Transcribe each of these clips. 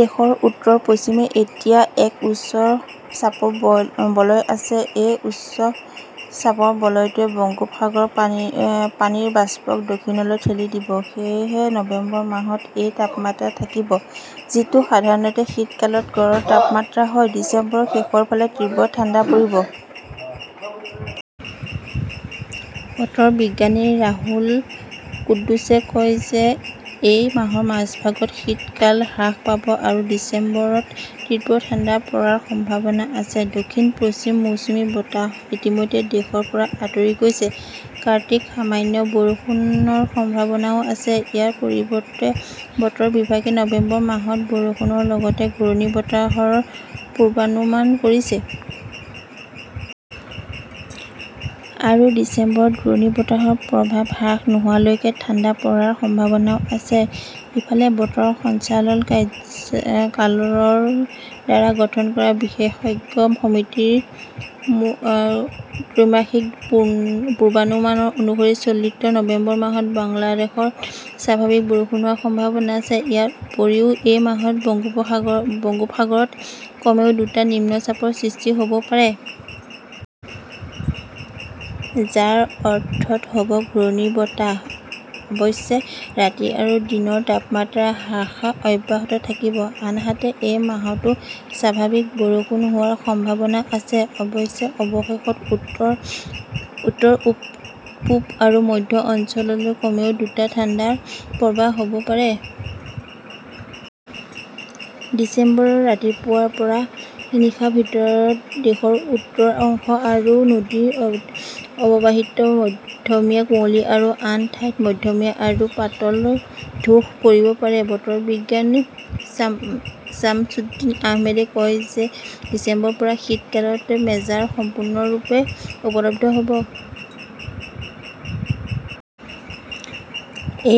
দেশৰ উত্তৰ-পশ্চিমে এতিয়া এক উচ্চ চাপৰ বলয় আছে। এই উচ্চ চাপৰ বলয়টোৱে বংগোপসাগৰৰ পানীৰ বাষ্পক দক্ষিণলৈ ঠেলি দিব। সেয়েহে নৱেম্বৰ মাহত এই তাপমাত্ৰা থাকিব। যিটো সাধাৰণতে শীতকালত গড় তাপমাত্ৰা হয়। ডিচেম্বৰৰ শেষৰ ফালে তীব্ৰ ঠাণ্ডা পৰিব। বতৰ বিজ্ঞানী ৰাহুল কুদ্দুছে কয় যে এই মাহৰ মাজভাগত শীতকাল হ্ৰাস পাব আৰু ডিচেম্বৰত তীব্ৰ ঠাণ্ডা পৰাৰ সম্ভাৱনা আছে। দক্ষিণ-পশ্চিম মৌচুমী বতাহ ইতিমধ্যে দেশৰ পৰা আঁতৰি গৈছে। কাৰ্তিক সামান্য বৰষুণৰ সম্ভাৱনাও আছে। ইয়াৰ পৰিৱৰ্তে, বতৰ বিভাগে নৱেম্বৰ মাহত বৰষুণৰ লগতে ঘূৰ্ণীবতাহৰ পূৰ্বানুমান কৰিছে। আৰু ডিচেম্বৰত ঘূৰ্ণীবতাহৰ প্ৰভাৱ হ্ৰাস নোহোৱালৈকে ঠাণ্ডা পৰাৰ সম্ভাৱনাও আছে। ইফালে, বতৰ সঞ্চালকালয়ৰ দ্বাৰা গঠন কৰা বিশেষজ্ঞ সমিতিৰ ত্ৰৈমাসিক পূৰ্বানুমান অনুসৰি চলিত নৱেম্বৰ মাহত বাংলাদেশত স্বাভাৱিক বৰষুণ হোৱাৰ সম্ভাৱনা আছে। ইয়াৰ উপৰিও, এই মাহত বংগোপসাগৰত কমেও দুটা নিম্নচাপৰ সৃষ্টি হʼব পাৰে। যাৰ অৰ্থ হʼব ঘূৰ্ণীবতাহ। অৱশ্যে, ৰাতি আৰু দিনৰ তাপমাত্ৰা হ্ৰাস অব্যাহত থাকিব। আনহাতে, এই মাহতো স্বাভাৱিক বৰষুণ হোৱাৰ সম্ভাৱনা আছে। অৱশ্যে, অৱশেষত উত্তৰ, উত্তৰ-পূব আৰু মধ্য অঞ্চললৈ কমেও দুটা ঠাণ্ডা প্ৰৱাহ হ 'ব পাৰে। ডিচেম্বৰত ৰাতিপুৱাৰ পৰা নিশাৰ ভিতৰত দেশৰ উত্তৰ অংশ আৰু নদী অৱবাহিকাত মধ্যমীয়া কুঁৱলী আৰু আন ঠাইত মধ্যমীয়া আৰু পাতল ধূস পৰিব পাৰে। বতৰ বিজ্ঞানী ছামছুদ্দিন আহমেদে কয় যে ডিচেম্বৰৰ পৰা শীতকালৰ মেজাজ সম্পূৰ্ণৰূপে উপলব্ধ হʼব।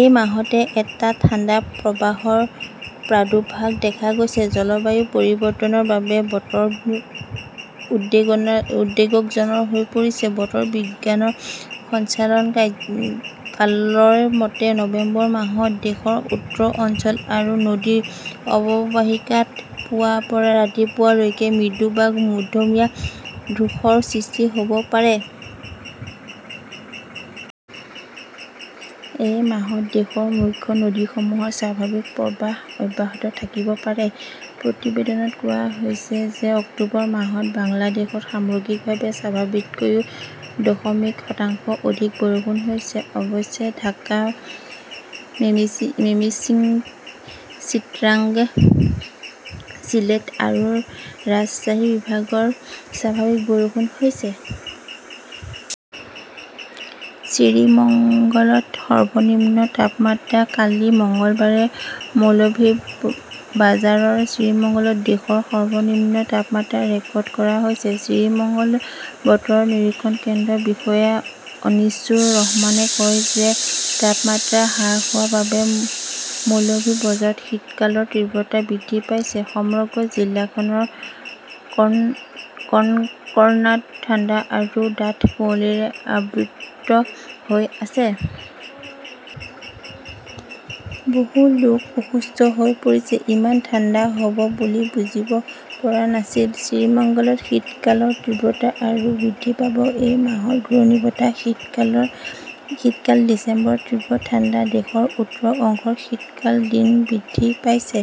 এই মাহতে এটা ঠাণ্ডা প্ৰৱাহৰ প্ৰাদুৰ্ভাৱ দেখা গৈছে। জলবায়ু পৰিৱৰ্তনৰ বাবে বতৰ উদ্বেগজনক হৈ পৰিছে। বতৰ বিজ্ঞান সঞ্চালকালয়ৰ মতে, নৱেম্বৰ মাহত দেশৰ উত্তৰ অঞ্চল আৰু নদী অৱবাহিকাত পুৱাৰ পৰা ৰাতিপুৱা লৈকে মৃদু বা মধ্যমীয়া ধূসৰ সৃষ্টি হʼব পাৰে। এই মাহত দেশৰ মুখ্য নদীসমূহৰ স্বাভাৱিক প্ৰৱাহ অব্যাহত থাকিব পাৰে। প্ৰতিবেদনত কোৱা হৈছে যে অক্টোবৰ মাহত বাংলাদেশত সামগ্ৰিকভাৱে স্বাভাৱিকতকৈ দশমিক শতাংশ অধিক বৰষুণ হৈছিল। অৱশ্যে, ঢাকা, মেমিন্সিং, চিটাগং, চিলেট আৰু ৰাজশ্বাহী বিভাগত স্বাভাৱিক বৰষুণ হৈছে। শ্ৰীমঙ্গলত সৰ্বনিম্ন তাপমাত্ৰা কালি মঙলবাৰে মৌলভিবাজাৰৰ শ্ৰীমঙ্গলত দেশৰ সৰ্বনিম্ন তাপমাত্ৰা ৰেকৰ্ড কৰা হৈছিল। শ্ৰীমঙ্গল বতৰ নিৰীক্ষণ কেন্দ্ৰৰ বিষয়া অনিছুৰ ৰহমানে কয় যে তাপমাত্ৰা হ্ৰাস হোৱাৰ বাবে মৌলভি বজাৰত শীতকালৰ তীব্ৰতা বৃদ্ধি পাইছে। সমগ্ৰ জিলাখন কনকনাত ঠাণ্ডা আৰু ডাঠ কুঁৱলীৰে আবৃত হৈ আছিল। বহু লোক অসুস্থ হৈ পৰিছে। ইমান ঠাণ্ডা হ‍ʼব বুলি বুজিব পৰা নাছিল। শ্ৰীমঙ্গলত শীতকালৰ তীব্ৰতা আৰু বৃদ্ধি পাব। এই মাহত ঘূৰ্ণীবতাহ-শীতকাল, ডিচেম্বৰত তীব্ৰ ঠাণ্ডা দেশৰ উত্তৰ অংশৰ শীতকাল দিন বৃদ্ধি পাইছে।